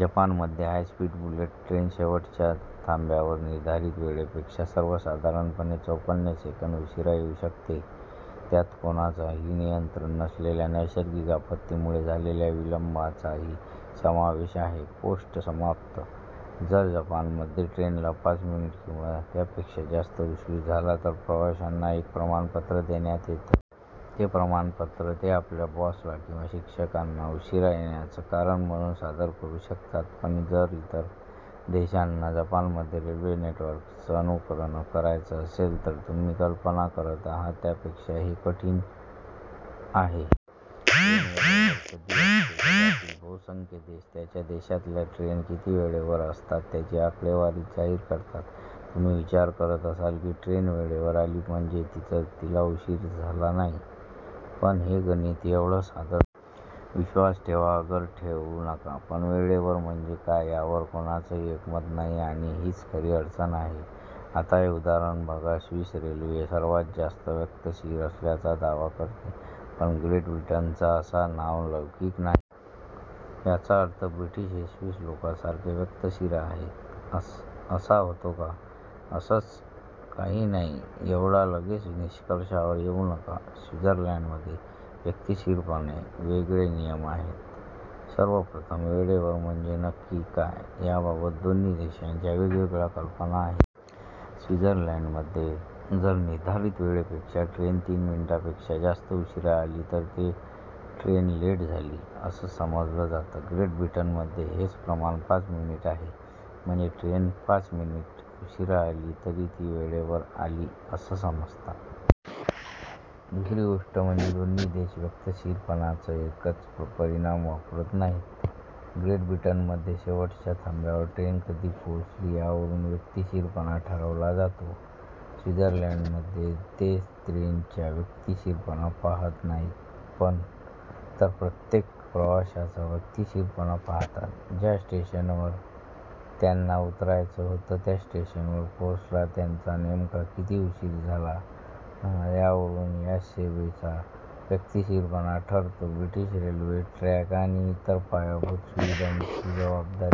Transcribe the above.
जपानमध्ये high speed bullet train शेवटच्या थांब्यावर निर्धारित वेळेपेक्षा सर्वसाधारणपणे चोपन्न सेकंद उशीरा येऊ शकते. त्यात कोणाचंही नियंत्रण नसलेल्या नैसर्गिक आपत्तीमुळे झालेल्या विलंबाचाही समावेश आहे. पोस्ट समाप्त, जर जपानमध्ये ट्रेनला पाच मिनिटं किंवा त्यापेक्षा जास्त उशीर झाला तर प्रवाशांना एक प्रमाणपत्र देण्यात येतं. हे प्रमाणपत्र ते आपल्या बॉसला किंवा शिक्षकांना उशीरा येण्याचं कारण म्हणून सादर करू शकतात. पण जर इतर देशांना जपानच्या रेल्वे नेटवर्कचं अनुकरण करायचं असेल तर? तुम्ही कल्पना करत आहात त्यापेक्षा हे कठीण आहे. ट्रेन वेळेवर कधी असते? जगातील बहुसंख्य देश त्यांच्या देशातल्या ट्रेन किती वेळेवर असतात याची आकडेवारी जाहीर करतात. तुम्ही विचार करत असाल की, ट्रेन वेळेवर आली म्हणजे तिला उशीर झाला नाही. पण हे गणित एवढं साधं नाही. विश्वास ठेवा अगर ठेवू नका पण वेळेवर म्हणजे काय यावर कोणाचंच एकमत नाही आणि हीच खरी अडचण आहे. आता हे उदाहरण बघा. स्वीस रेल्वे सर्वांत जास्त वक्तशीर असल्याचा दावा करते. पण ग्रेट ब्रिटनचा असा नावलौकिक नाही. याचा अर्थ ब्रिटीश हे स्वीस लोकांसारखे वक्तशीर आहेत असा होतो का? असंच काही नाही. एवढ्या लगेच निष्कर्षावर येऊ नका. स्वित्झर्लंडमध्ये वक्तशीरपणाचे वेगळे नियम आहेत. सर्वप्रथम, वेळेवर म्हणजे नक्की काय याबाबत दोन्ही देशांच्या वेगवेगळ्या कल्पना आहेत. स्वित्झर्लंडमध्ये जर निर्धारित वेळेपेक्षा ट्रेन तीन मिनिटापेक्षा जास्त उशीरा आली तर ते ट्रेन लेट झाली, असं समजलं जातं. ग्रेट ब्रिटनमध्ये हेच प्रमाण पाच मिनिटं आहे. म्हणजे ट्रेन पाच मिनिटं उशीरा आली तरी ती वेळेवर आली असं समजतात. दुसरी गोष्ट म्हणजे दोन्ही देश वक्तशीरपणाचं एकच परिमाण वापरत नाहीत. ग्रेट ब्रिटनमध्ये शेवटच्या थांब्यावर ट्रेन कधी पोहोचली यावरून वक्तशीरपणा ठरवला जातो. स्वित्झर्लंडमध्ये ते ट्रेनचा वक्तशीरपणा पाहात नाहीत तर प्रत्येक प्रवाशाचा वक्तशीरपणा पाहतात. ज्या स्टेशनवर त्यांना उतरायचं होतं त्या स्टेशनवर पोचायला त्यांना नेमका किती उशीर झाला, यावरून या सेवेचा वक्तशीरपणा ठरतो. ब्रिटीश रेल्वे ट्रॅक आणि इतर पायाभूत सुविधांची जबाबदारी